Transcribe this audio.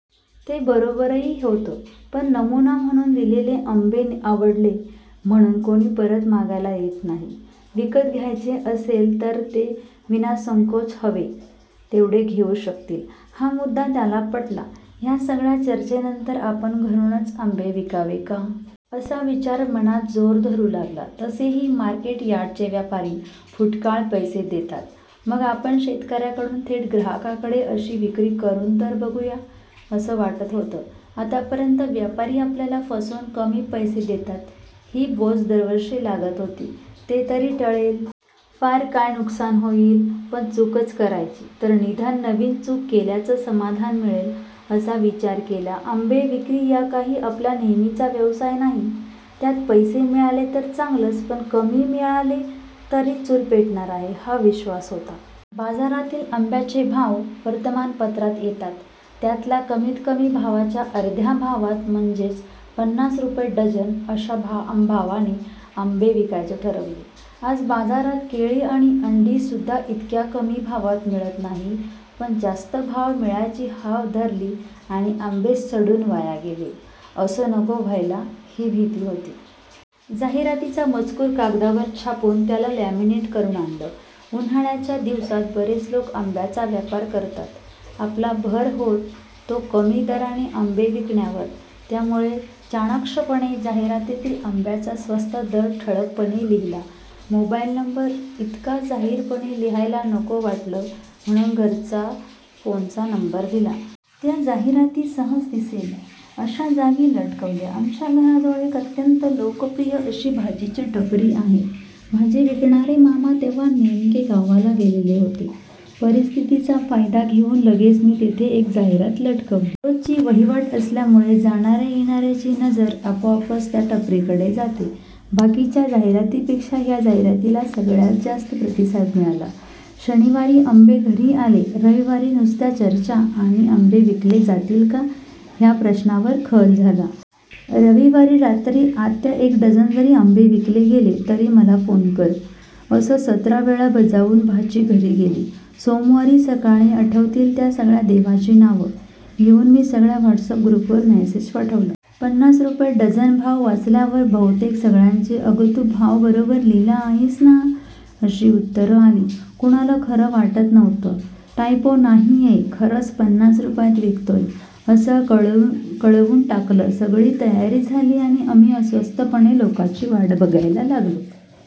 ते बरोबरही होतं. पण नमुना म्हणून दिलेले आंबे आवडले म्हणून कोणी परत मागायला येत नाही. विकत घ्यायचे असले, तर ते विनासंकोच हवे तेवढे घेऊ शकतील, हा मुद्दा त्याला पटला. ह्या सगळ्या चर्चेनंतर आपण घरूनच आंबे विकावे का? असा विचार मनात जोर धरू लागला. तसेही मार्केट यार्डचे व्यापारी फुटकळ पैसे देतात. मग आपण 'शेतकऱ्याकडून थेट ग्राहकांकडे' अशी विक्री करून तर बघूया, असं वाटत होतं. आतापर्यंत व्यापारी आपल्याला फसवून कमी पैसे देतात, ही बोच दरवर्षी लागत होती, ते तरी टळेल. फार काय, नुकसान होईल. पण चूकच करायची, तर निदान नवीन चूक केल्याचं समाधान मिळेल, असा विचार केला. आंबे विक्री हा काही आपला नेहमीचा व्यवसाय नाही. त्यात पैसे मिळाले तर चांगलंच पण कमी मिळाले, तरी चूल पेटणार आहे, हा विश्र्वास होता. बाजारातील आंब्यांचे भाव वर्तमानपत्रात येतात. त्यातल्या कमीतकमी भावाच्या अर्ध्या भावात म्हणजे पन्नास रुपये डझन अशा भावाने आंबे विकायचे ठरवले. आज बाजारात केळी किंवा अंडी सुद्धा इतक्या कमी भावात मिळत नाहीत. पण जास्त भाव मिळायची हाव धरली आणि आंबे सडून वाया गेले, असं नको व्हायला, ही भीती होती. जाहिरातीचा मजकूर कागदावर छापून त्याला लॅमीनेट करून आणलं. उन्हाळ्याच्या दिवसांत बरेच लोक आंब्यांचा व्यापार करतात. आपला भर होत, तो कमी दराने आंबे विकण्यावर. त्यामुळे चाणाक्षपणे जाहिरातीत आंब्यांचा स्वस्त दर ठळकपणे लिहिला. मोबाईल नंबर इतका जाहीरपणे लिहायला नको वाटलं, म्हणून घरच्या फोनचा नंबर दिला. त्या जाहिराती सहज दिसेल, अशा जागी लटकवल्या. आमच्या घराजवळ एक अत्यंत लोकप्रिय अशी भाजीची टपरी आहे. भाजी विकणारे मामा तेव्हा नेमके गावाला गेलेले होते. परिस्थितीचा फायदा घेऊन लगेच मी तिथे एक जाहिरात लटकवली. रोजची वहिवाट असल्यामुळे जाणाऱ्या-येणाऱ्यांची नजर आपोआपच त्या टपरीकडे जाते. बाकीच्या जाहिरातींपेक्षा ह्या जाहिरातीला सगळ्यात जास्त प्रतिसाद मिळाला! शनिवारी आंबे घरी आले. रविवारी नुसत्या चर्चा आणि आंबे विकले जातील का? ह्या प्रश्नांवर खल झाला. रविवारी रात्री 'आत्या, एक डझन जरी आंबे विकले गेले, तरी मला फोन कर' असं सतरा वेळा बजावून भाची घरी गेली. सोमवारी सकाळी आठवतील त्या सगळ्या देवांची नावं घेऊन मी सगळ्या व्हॉट्स अॅप ग्रुपवर मेसेज पाठवला. 'पन्नास रुपये डझन' भाव वाचल्यावर बहुतेक सगळ्यांचे 'अग, तू भाव बरोबर लिहिला आहेस ना? ' अशी उत्तरं आली! कोणाला खरंच वाटत नव्हतं. 'टायपो नाहीये. खरंच पन्नास रुपयांत विकतोय, असं कळवून टाकलं. सगळी तयारी झाली आणि आम्ही अस्वस्थपणे लोकांची वाट बघायला लागलो.